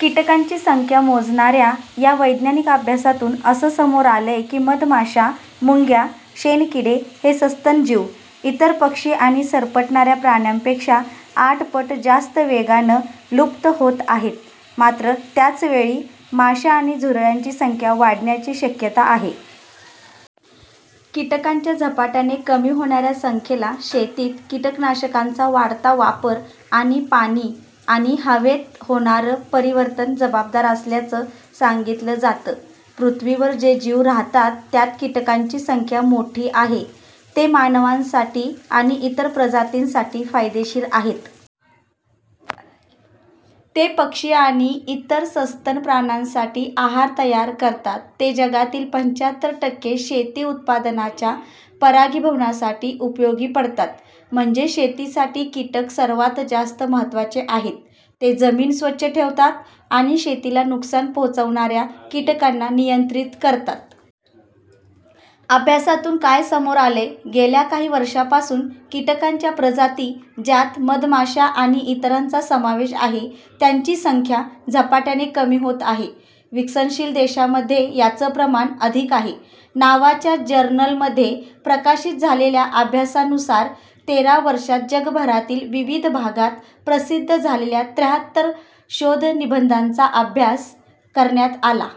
कीटकांची संख्या मोजणाऱ्या या वैज्ञानिक अभ्यासातून असं समोर आलंय की मधमाशा, मुंग्या, शेणकिडे हे सस्तन जीव, इतर पक्षी आणि सरपटणाऱ्या प्राण्यांपेक्षा आठ पट जास्त वेगानं लुप्त होत आहेत. मात्र त्याच वेळी माशा आणि झुरळांची संख्या वाढण्याची शक्यता आहे. कीटकांच्या झपाट्याने कमी होणाऱ्या संख्येला शेतीत कीटकनाशकांचा वाढता वापर आणि पाणी, आणि हवेत होणारं परिवर्तन जबाबदार असल्याचं सांगितलं जातं. पृथ्वीवर जे जीव राहतात त्यात कीटकांची संख्या मोठी आहे. ते मानवांसाठी आणि इतर प्रजातींसाठी फायदेशीर आहेत. ते पक्षी आणि इतर सस्तन प्राण्यांसाठी आहार तयार करतात. ते जगातील पंच्याहत्तर टक्के शेती उत्पादनाच्या परागीभवनासाठी उपयोगी पडतात, म्हणजे शेतीसाठी कीटक सर्वांत जास्त महत्त्वाचे आहेत. ते जमीन स्वच्छ ठेवतात आणि शेतीला नुकसान पोहोचवणाऱ्या कीटकांना नियंत्रित करतात. अभ्यासातून काय समोर आलंय? गेल्या काही वर्षांपासून कीटकांच्या प्रजाती, ज्यात मधमाशा आणि इतरांचा समावेश आहे, त्यांची संख्या झपाट्याने कमी होत आहे. विकसनशील देशांमध्ये याचं प्रमाण अधिक आहे. नावाच्या जर्नलमध्ये प्रकाशित झालेल्या अभ्यासानुसार तेरा वर्षात जगभरातील विविध भागात प्रसिद्ध झालेल्या त्र्याहत्तर शोधनिबंधांचा अभ्यास करण्यात आला.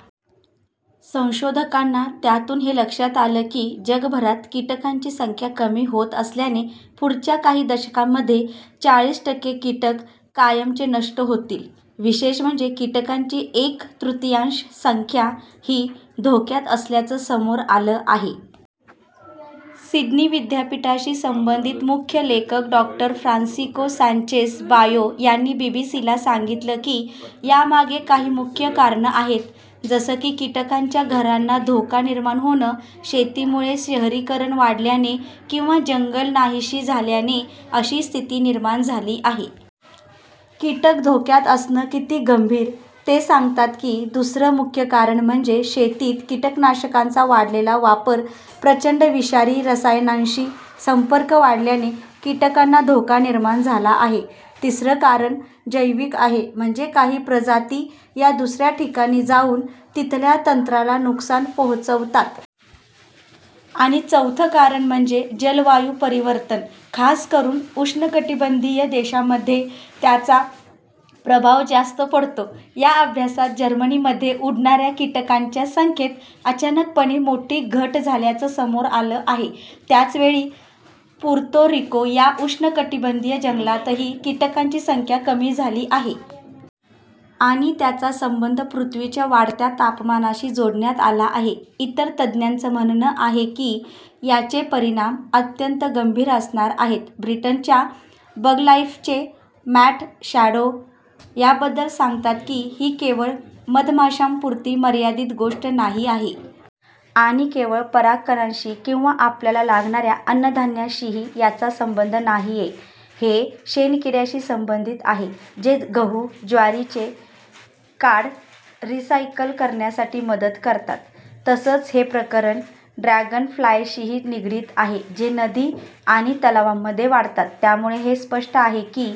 संशोधकांना त्यातून हे लक्षात आलं की, जगभरात कीटकांची संख्या कमी होत असल्याने पुढच्या काही दशकांमध्ये चाळीस टक्के कीटक कायमचे नष्ट होतील. विशेष म्हणजे कीटकांची एक तृतीयांश संख्या ही धोक्यात असल्याचं समोर आलं आहे. सिडनी विद्यापीठाशी संबंधित मुख्य लेखक डॉ. फ्रान्सिस्को सँचेज बायो यांनी बीबीसीला सांगितलं की, यामागे काही मुख्य कारणं आहेत, जसं की कीटकांच्या घरांना धोका निर्माण होणं, शेतीमुळे, शहरीकरण वाढल्याने किंवा जंगलं नाहिशी झाल्याने अशी स्थिती निर्माण झाली आहे. कीटक धोक्यात असणं किती गंभीर? ते सांगतात की, दुसरं मुख्य कारण म्हणजे शेतीत कीटकनाशकांचा वाढलेला वापर. प्रचंड विषारी रसायनांशी संपर्क वाढल्याने किटकांना धोका निर्माण झाला आहे. तिसरं कारण जैविक आहे, म्हणजे काही प्रजाती या दुसऱ्या ठिकाणी जाऊन तिथल्या तंत्राला नुकसान पोहोचवतात. आणि चौथं कारण म्हणजे जलवायू परिवर्तन, खासकरून उष्णकटिबंधीय देशांमध्ये त्याचा प्रभाव जास्त पडतो. या अभ्यासात जर्मनीमध्ये उडणाऱ्या किटकांच्या संख्येत अचानकपणे मोठी घट झाल्याचं समोर आलं आहे. त्याचवेळी पुर्तो रिको या उष्णकटिबंधीय जंगलातही कीटकांची संख्या कमी झाली आहे. आणि त्याचा संबंध पृथ्वीच्या वाढत्या तापमानाशी जोडण्यात आला आहे. इतर तज्ज्ञांचं म्हणणं आहे की, याचे परिणाम अत्यंत गंभीर असणार आहेत. ब्रिटनच्या बगलाईफचे मॅट शॅडो याबद्दल सांगतात की, ही केवळ मधमाशांपुरती मर्यादित गोष्ट नाही आहे. आणि केवळ परागकणांशी किंवा आपल्याला लागणाऱ्या अन्नधान्याशीही याचा संबंध नाहीये. हे शेणकिड्यांशी संबंधित आहे, जे गहू ज्वारीचं काड रिसायकल करण्यासाठी मदत करतात. तसंच हे प्रकरण ड्रॅगनफ्लायशीही निगडित आहे, जे नदी आणि तलावांमध्ये वाढतात. त्यामुळे हे स्पष्ट आहे की